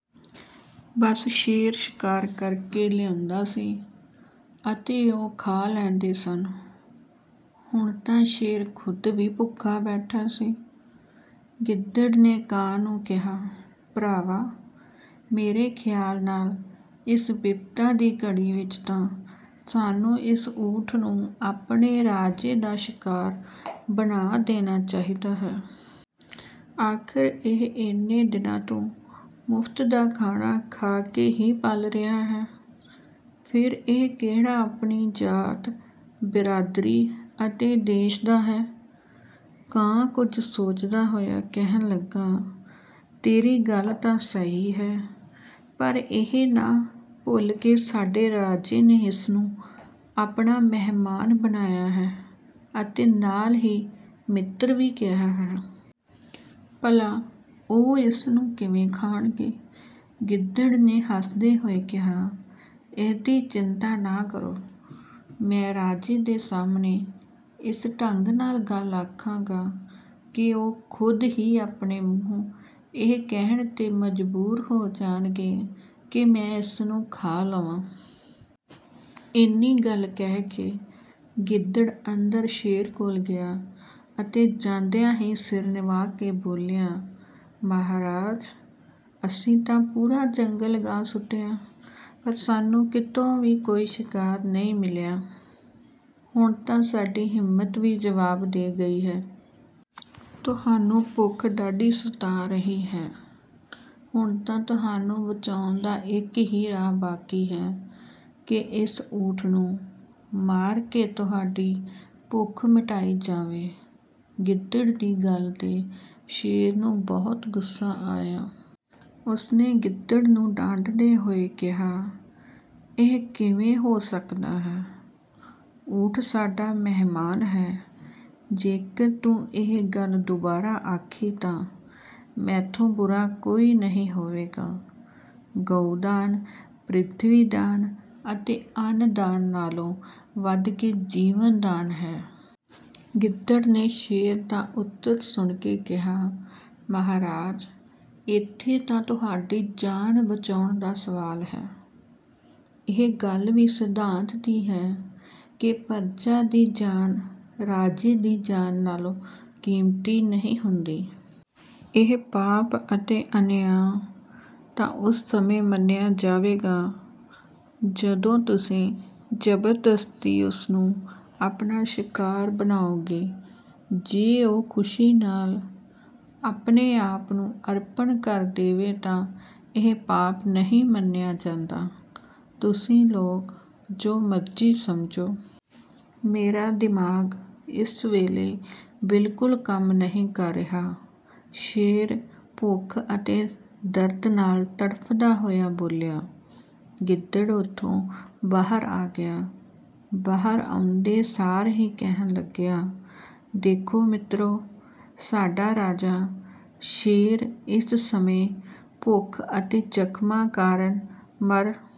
ਬੱਸ ਸ਼ੇਰ ਸ਼ਿਕਾਰ ਕਰ ਕੇ ਲਿਆਉਂਦਾ ਸੀ ਅਤੇ ਉਹ ਖਾ ਲੈਂਦੇ ਸਨ। ਹੁਣ ਤਾਂ ਸ਼ੇਰ ਖ਼ੁਦ ਵੀ ਭੁੱਖਾ ਬੈਠਾ ਸੀ। ਗਿੱਦੜ ਨੇ ਕਾਂ ਨੂੰ ਕਿਹਾ, ''ਭਰਾਵਾ, ਮੇਰੇ ਖਿਆਲ ਨਾਲ ਇਸ ਬਿਪਤਾ ਦੀ ਘੜੀ ਵਿੱਚ ਤਾਂ ਸਾਨੂੰ ਇਸ ਊਠ ਨੂੰ ਆਪਣੇ ਰਾਜੇ ਦਾ ਸ਼ਿਕਾਰ ਬਣਾ ਦੇਣਾ ਚਾਹੀਦਾ ਹੈ। ਆਖ਼ਰ ਇਹ ਇੰਨੇ ਦਿਨਾਂ ਤੋਂ ਮੁਫ਼ਤ ਦਾ ਖਾਣਾ ਖਾ ਕੇ ਹੀ ਪਲ ਰਿਹਾ ਹੈ। ਫਿਰ ਇਹ ਕਿਹੜਾ ਆਪਣੀ ਜਾਤ, ਬਿਰਾਦਰੀ ਅਤੇ ਦੇਸ਼ ਦਾ ਹੈ।'' ਕਾਂ ਕੁਝ ਸੋਚਦਾ ਹੋਇਆ ਕਹਿਣ ਲੱਗਾ, ''ਤੇਰੀ ਗੱਲ ਤਾਂ ਸਹੀ ਹੈ, ਪਰ ਇਹ ਨਾ ਭੁੱਲ ਕਿ ਸਾਡੇ ਰਾਜੇ ਨੇ ਇਸ ਨੂੰ ਆਪਣਾ ਮਹਿਮਾਨ ਬਣਾਇਆ ਹੈ ਅਤੇ ਨਾਲ ਹੀ ਮਿੱਤਰ ਵੀ ਕਿਹਾ ਹੈ। ਭਲਾ, ਉਹ ਇਸ ਨੂੰ ਕਿਵੇਂ ਖਾਣਗੇ?'' ਗਿੱਦੜ ਨੇ ਹੱਸਦੇ ਹੋਏ ਕਿਹਾ, ''ਇਹਦੀ ਚਿੰਤਾ ਨਾ ਕਰੋ। ਮੈਂ ਰਾਜੇ ਦੇ ਸਾਹਮਣੇ ਇਸ ਢੰਗ ਨਾਲ ਗੱਲ ਆਖਾਂਗਾ ਕਿ ਉਹ ਖ਼ੁਦ ਹੀ ਆਪਣੇ ਮੂੰਹੋਂ ਇਹ ਕਹਿਣ 'ਤੇ ਮਜਬੂਰ ਹੋ ਜਾਣਗੇ ਕਿ ਮੈਂ ਇਸ ਨੂੰ ਖਾ ਲਵਾਂ।'' ਇੰਨੀ ਗੱਲ ਕਹਿ ਕੇ ਗਿੱਦੜ ਅੰਦਰ ਸ਼ੇਰ ਕੋਲ ਗਿਆ ਅਤੇ ਜਾਂਦਿਆਂ ਹੀ ਸਿਰ ਨਿਵਾ ਕੇ ਬੋਲਿਆ, ''ਮਹਾਰਾਜ, ਅਸੀਂ ਤਾਂ ਪੂਰਾ ਜੰਗਲ ਗਾਹ ਸੁੱਟਿਆ, ਪਰ ਸਾਨੂੰ ਕਿਤੋਂ ਵੀ ਕੋਈ ਸ਼ਿਕਾਰ ਨਹੀਂ ਮਿਲਿਆ। ਹੁਣ ਤਾਂ ਸਾਡੀ ਹਿੰਮਤ ਵੀ ਜਵਾਬ ਦੇ ਗਈ ਹੈ। ਤੁਹਾਨੂੰ ਭੁੱਖ ਡਾਢੀ ਸਤਾ ਰਹੀ ਹੈ। ਹੁਣ ਤਾਂ ਤੁਹਾਨੂੰ ਬਚਾਉਣ ਦਾ ਇੱਕ ਹੀ ਰਾਹ ਬਾਕੀ ਹੈ ਕਿ ਇਸ ਊਠ ਨੂੰ ਮਾਰ ਕੇ ਤੁਹਾਡੀ ਭੁੱਖ ਮਿਟਾਈ ਜਾਵੇ।'' ਗਿੱਦੜ ਦੀ ਗੱਲ 'ਤੇ ਸ਼ੇਰ ਨੂੰ ਬਹੁਤ ਗੁੱਸਾ ਆਇਆ। ਉਸ ਨੇ ਗਿੱਦੜ ਨੂੰ ਡਾਂਟਦੇ ਹੋਏ ਕਿਹਾ, ''ਇਹ ਕਿਵੇਂ ਹੋ ਸਕਦਾ ਹੈ? ਊਠ ਸਾਡਾ ਮਹਿਮਾਨ ਹੈ। ਜੇਕਰ ਤੂੰ ਇਹ ਗੱਲ ਦੁਬਾਰਾ ਆਖੀ ਤਾਂ ਮੈਥੋਂ ਬੁਰਾ ਕੋਈ ਨਹੀਂ ਹੋਵੇਗਾ। ਗਊ ਦਾਨ, ਪ੍ਰਿਥਵੀ ਦਾਨ ਅਤੇ ਅੰਨ ਦਾਨ ਨਾਲੋਂ ਵਧ ਕੇ ਜੀਵਨ ਦਾਨ ਹੈ।'' ਗਿੱਦੜ ਨੇ ਸ਼ੇਰ ਦਾ ਉੱਤਰ ਸੁਣ ਕੇ ਕਿਹਾ, ''ਮਹਾਰਾਜ, ਇੱਥੇ ਤਾਂ ਤੁਹਾਡੀ ਜਾਨ ਬਚਾਉਣ ਦਾ ਸਵਾਲ ਹੈ। ਇਹ ਗੱਲ ਵੀ ਸਿਧਾਂਤ ਦੀ ਹੈ ਕਿ ਪਰਜਾ ਦੀ ਜਾਨ ਰਾਜੇ ਦੀ ਜਾਨ ਨਾਲੋਂ ਕੀਮਤੀ ਨਹੀਂ ਹੁੰਦੀ। ਇਹ ਪਾਪ ਅਤੇ ਅਨਿਆਂ ਤਾਂ ਉਸ ਸਮੇਂ ਮੰਨਿਆ ਜਾਵੇਗਾ ਜਦੋਂ ਤੁਸੀਂ ਜ਼ਬਰਦਸਤੀ ਉਸ ਨੂੰ ਆਪਣਾ ਸ਼ਿਕਾਰ ਬਣਾਓਗੇ। ਜੇ ਉਹ ਖੁਸ਼ੀ ਨਾਲ ਆਪਣੇ-ਆਪ ਨੂੰ ਅਰਪਣ ਕਰ ਦੇਵੇ ਤਾਂ ਇਹ ਪਾਪ ਨਹੀਂ ਮੰਨਿਆ ਜਾਂਦਾ।''''ਤੁਸੀਂ ਲੋਕ ਜੋ ਮਰਜ਼ੀ ਸਮਝੋ। ਮੇਰਾ ਦਿਮਾਗ ਇਸ ਵੇਲੇ ਬਿਲਕੁਲ ਕੰਮ ਨਹੀਂ ਕਰ ਰਿਹਾ।'' ਸ਼ੇਰ ਭੁੱਖ ਅਤੇ ਦਰਦ ਨਾਲ ਤੜਫ਼ਦਾ ਹੋਇਆ ਬੋਲਿਆ। ਗਿੱਦੜ ਉੱਥੋਂ ਬਾਹਰ ਆ ਗਿਆ। ਬਾਹਰ ਆਉਂਦੇ ਸਾਰ ਹੀ ਕਹਿਣ ਲੱਗਿਆ, ''ਦੇਖੋ ਮਿੱਤਰੋ, ਸਾਡਾ ਰਾਜਾ ਸ਼ੇਰ ਇਸ ਸਮੇਂ ਭੁੱਖ ਅਤੇ ਜ਼ਖ਼ਮਾਂ ਕਾਰਨ ਮਰ